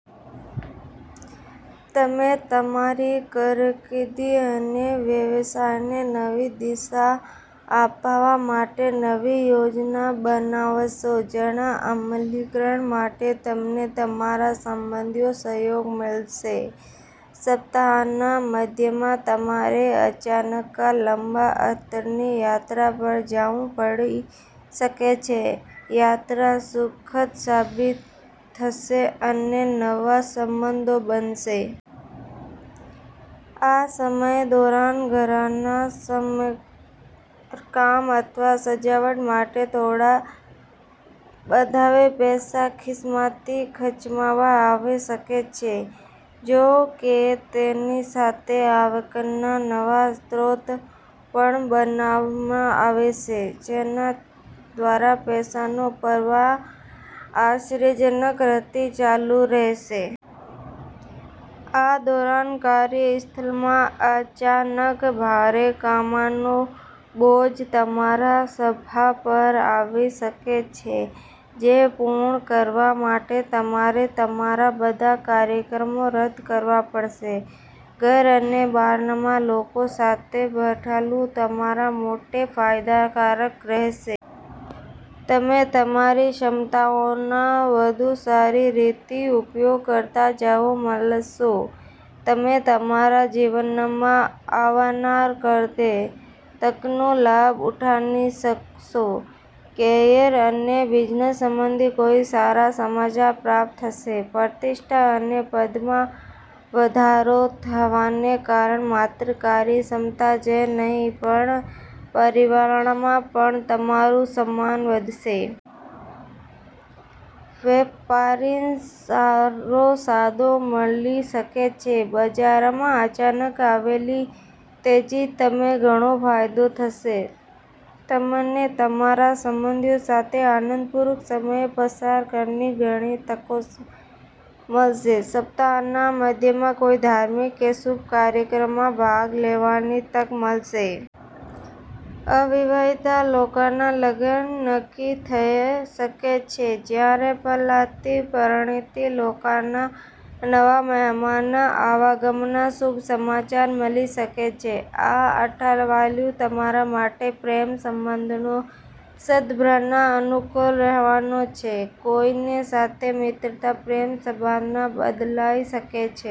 તમે તમારી કારકિર્દી અને વ્યવસાયને નવી દિશા આપવા માટે નવી યોજના બનાવશો, જેના અમલીકરણ માટે તમને તમારા સંબંધીઓનો સહયોગ મળશે. સપ્તાહના મધ્યમાં તમારે અચાનક લાંબા અંતરની યાત્રા પર જવું પડી શકે છે. યાત્રા સુખદ સાબિત થશે અને નવા સંબંધો બનશે. આ સમય દરાયાન, ઘરના સમારકામ અથવા સજાવટ માટે થોડા વધુ પૈસા ખિસ્સામાંથી ખર્ચવામાં આવી શકે છે, જો કે તેની સાથે આવકના નવા સ્ત્રોત પણ બનાવવામાં આવશે, જેના દ્વારા પૈસાનો પ્રવાહ આશ્ચર્યજનક રીતે ચાલુ રહેશે. આ દોરાન, કાર્યસ્થળમાં અચાનક ભારે કામનો બોજ તમારા ખભા પર આવી શકે છે, જેને પૂર્ણ કરવા માટે તમારે તમારા બધા કાર્યક્રમો રદ કરવા પડશે. ઘર અને બહારના લોકો સાથે ભથાવું તમારા માટે ફાયદાકારક રહેશે. તમે તમારી ક્ષમતાઓનો વધુ સારી રીતે ઉપયોગ કરતા જાવો મળશે. તમે તમારા જીવનમાં આવનાર દરેક તકનો લાભ ઉઠાવી શકશો. કરિયર અને બિઝનેસ સંબંધિત કોઈ સારા સમાચાર પ્રાપ્ત થશે. પ્રતિષ્ઠા અને પદમાં વધારો થવાને કારણે માત્ર કાર્યસમતા જે નહીં પણ પરિવારમાં પણ તમારું સન્માન વધશે. વેપારીને સારો સોદો મળી શકે છે. બજારમાં અચાનક આવેલી તેજીથી તમને ઘણો ફાયદો થશે. તમને તમારા સંબંધીઓ સાથે આનંદપૂર્વક સમય પસાર કરવાની ઘણી તકો મળશે. સપ્તાહના મધ્યમાં કોઈ ધાર્મિક કે શુભ કાર્યક્રમમાં ભાગ લેવાની તક મળશે. અવિવાહિત લોકોના લગ્ન નક્કી થઈ શકે છે, જ્યારે પહેલાથી પરિણીત લોકોને નવા મહેમાનના આવાગમનના શુભ સમાચાર મળી શકે છે. આ અઠવાડિયું તમારા માટે પ્રેમ સંબંધોના સંદર્ભમાં અનુકૂળ રહેવાનું છે. કોઈની સાથે મિત્રતા પ્રેમ સંબંધમાં બદલાઈ શકે છે.